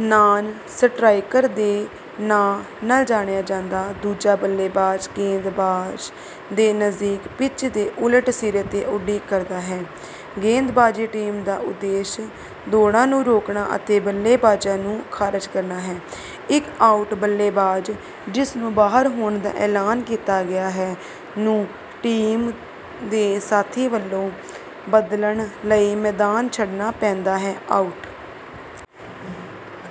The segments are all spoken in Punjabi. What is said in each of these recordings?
ਨਾਨ-ਸਟਰਾਈਕਰ ਦੇ ਨਾਂ ਨਾਲ ਜਾਣਿਆ ਜਾਂਦਾ ਦੂਜਾ ਬੱਲੇਬਾਜ਼, ਗੇਂਦਬਾਜ਼ ਦੇ ਨਜ਼ਦੀਕ ਪਿੱਚ ਦੇ ਉਲਟ ਸਿਰੇ ’ਤੇ ਉਡੀਕ ਕਰਦਾ ਹੈ। ਗੇਂਦਬਾਜ਼ੀ ਟੀਮ ਦਾ ਉਦੇਸ਼ ਦੌੜਾਂ ਨੂੰ ਰੋਕਣਾ ਅਤੇ ਬੱਲੇਬਾਜ਼ਾਂ ਨੂੰ ਖਾਰਜ ਕਰਨਾ ਹੈ। ਇੱਕ ਆਊਟ ਬੱਲੇਬਾਜ਼, ਜਿਸਨੂੰ “ਬਾਹਰ” ਹੋਣ ਦਾ ਐਲਾਨ ਕੀਤਾ ਗਿਆ ਹੈ, ਨੂੰ ਟੀਮ ਦੇ ਸਾਥੀ ਵੱਲੋਂ ਬਦਲਣ ਲਈ ਮੈਦਾਨ ਛੱਡਣਾ ਪੈਂਦਾ ਹੈ। ਆਊਟ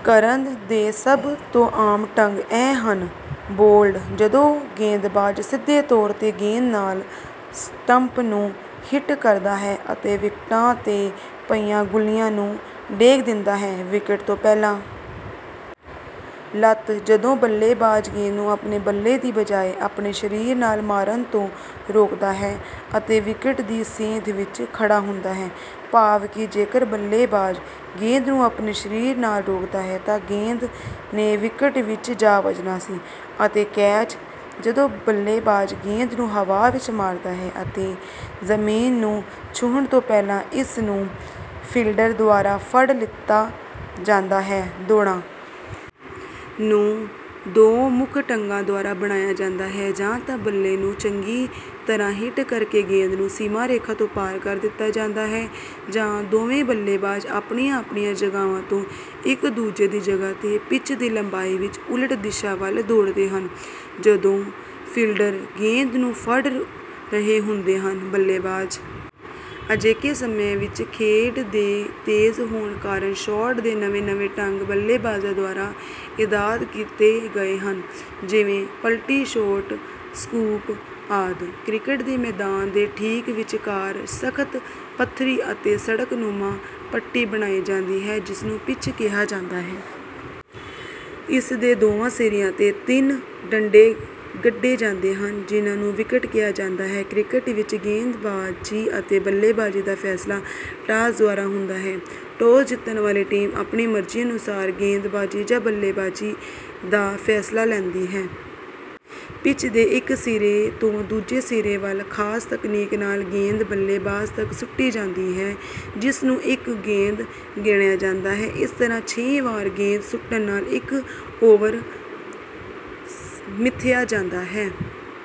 ਕਰਨ ਦੇ ਸਭ ਤੋਂ ਆਮ ਢੰਗ ਇਹ ਹਨ: ਬੋਲਡ, ਜਦੋਂ ਗੇਂਦਬਾਜ਼ ਸਿੱਧੇ ਤੌਰ ’ਤੇ ਗੇਂਦ ਨਾਲ ਸਟੰਪ ਨੂੰ ਹਿੱਟ ਕਰਦਾ ਹੈ ਅਤੇ ਵਿਕਟਾਂ ’ਤੇ ਪਈਆਂ ਗੁੱਲੀਆਂ ਨੂੰ ਡੇਗ ਦਿੰਦਾ ਹੈ; ਵਿਕਟ ਤੋਂ ਪਹਿਲਾਂ ਲੱਤ, ਜਦੋਂ ਬੱਲੇਬਾਜ਼ ਗੇਂਦ ਨੂੰ ਆਪਣੇ ਬੱਲੇ ਦੀ ਬਜਾਏ ਆਪਣੇ ਸਰੀਰ ਨਾਲ ਮਾਰਨ ਤੋਂ ਰੋਕਦਾ ਹੈ ਅਤੇ ਵਿਕਟ ਦੀ ਸੇਧ ਵਿੱਚ ਖੜ੍ਹਾ ਹੁੰਦਾ ਹੈ, ਭਾਵ ਕਿ ਜੇਕਰ ਬੱਲੇਬਾਜ਼ ਗੇਂਦ ਨੂੰ ਆਪਣੇ ਸਰੀਰ ਨਾਲ ਨਾ ਰੋਕਦਾ ਤਾਂ ਗੇਂਦ ਨੇ ਵਿਕਟ ਵਿੱਚ ਜਾ ਵੱਜਣਾ ਸੀ; ਅਤੇ ਕੈਚ, ਜਦੋਂ ਬੱਲੇਬਾਜ਼ ਗੇਂਦ ਨੂੰ ਹਵਾ ਵਿੱਚ ਮਾਰਦਾ ਹੈ ਅਤੇ ਜ਼ਮੀਨ ਨੂੰ ਛੂਹਣ ਤੋਂ ਪਹਿਲਾਂ ਇਸ ਨੂੰ ਫੀਲਡਰ ਦੁਆਰਾ ਫੜ ਲਿੱਤਾ ਜਾਂਦਾ ਹੈ। ਦੌੜਾਂ ਨੂੰ ਦੋ ਮੁੱਖ ਢੰਗਾਂ ਦੁਆਰਾ ਬਣਾਇਆ ਜਾਂਦਾ ਹੈ। ਜਾਂ ਤਾਂ ਬੱਲੇ ਨੂੰ ਚੰਗੀ ਤਰ੍ਹਾਂ ਹਿੱਟ ਕਰਕੇ ਗੇਂਦ ਨੂੰ ਸੀਮਾ-ਰੇਖਾ ਤੋਂ ਪਾਰ ਕਰ ਦਿੱਤਾ ਜਾਂਦਾ ਹੈ, ਜਾਂ ਦੋਵੇਂ ਬੱਲੇਬਾਜ਼ ਆਪਣੀਆਂ-ਆਪਣੀਆਂ ਜਗ੍ਹਾਵਾਂ ਤੋਂ ਇੱਕ-ਦੂਜੇ ਦੀ ਜਗ੍ਹਾ ’ਤੇ ਪਿੱਚ ਦੀ ਲੰਬਾਈ ਵਿੱਚ ਉਲਟ ਦਿਸ਼ਾ ਵੱਲ ਦੌੜਦੇ ਹਨ, ਜਦੋਂ ਫੀਲਡਰ ਗੇਂਦ ਨੂੰ ਫੜ ਰਹੇ ਹੁੰਦੇ ਹਨ। ਬੱਲੇਬਾਜ਼ ਅਜੋਕੇ ਸਮੇਂ ਵਿੱਚ ਖੇਡ ਦੇ ਤੇਜ਼ ਹੋਣ ਕਾਰਨ ਸ਼ਾਟ ਦੇ ਨਵੇਂ-ਨਵੇਂ ਢੰਗ ਬੱਲੇਬਾਜ਼ਾਂ ਦੁਆਰਾ ਇਜਾਦ ਕੀਤੇ ਗਏ ਹਨ, ਜਿਵੇਂ—ਪਲਟੀ ਸ਼ਾਟ, ਸਕੂਪ ਆਦਿ। ਕ੍ਰਿਕਟ ਦੇ ਮੈਦਾਨ ਦੇ ਠੀਕ ਵਿਚਕਾਰ ਸਖ਼ਤ, ਪੱਥਰੀ ਅਤੇ ਸੜਕ-ਨੁਮਾ ਪੱਟੀ ਬਣਾਈ ਜਾਂਦੀ ਹੈ, ਜਿਸਨੂੰ ਪਿੱਚ ਕਿਹਾ ਜਾਂਦਾ ਹੈ। ਇਸ ਦੇ ਦੋਵੇਂ ਸਿਰਿਆਂ ’ਤੇ ਤਿੰਨ ਡੰਡੇ ਗੱਡੇ ਜਾਂਦੇ ਹਨ, ਜਿਨ੍ਹਾਂ ਨੂੰ ਵਿਕਟ ਕਿਹਾ ਜਾਂਦਾ ਹੈ। ਕ੍ਰਿਕਟ ਵਿੱਚ ਗੇਂਦਬਾਜ਼ੀ ਅਤੇ ਬੱਲੇਬਾਜ਼ੀ ਦਾ ਫ਼ੈਸਲਾ ਟਾਸ ਦੁਆਰਾ ਹੁੰਦਾ ਹੈ। ਟਾਸ ਜਿੱਤਣ ਵਾਲੀ ਟੀਮ ਆਪਣੀ ਮਰਜ਼ੀ ਅਨੁਸਾਰ ਗੇਂਦਬਾਜ਼ੀ ਜਾਂ ਬੱਲੇਬਾਜ਼ੀ ਦਾ ਫ਼ੈਸਲਾ ਲੈਂਦੀ ਹੈ। ਪਿੱਚ ਦੇ ਇੱਕ ਸਿਰੇ ਤੋਂ ਦੂਜੇ ਸਿਰੇ ਵੱਲ ਖ਼ਾਸ ਤਕਨੀਕ ਨਾਲ ਗੇਂਦ ਬੱਲੇਬਾਜ਼ ਤੱਕ ਸੁੱਟੀ ਜਾਂਦੀ ਹੈ, ਜਿਸਨੂੰ ਇੱਕ ਗੇਂਦ ਗਿਣਿਆ ਜਾਂਦਾ ਹੈ। ਇਸ ਤਰ੍ਹਾਂ ਛੇ ਵਾਰ ਗੇਂਦ ਸੁੱਟਣ ਨਾਲ ਇੱਕ ਓਵਰ ਮਿਥਿਆ ਜਾਂਦਾ ਹੈ।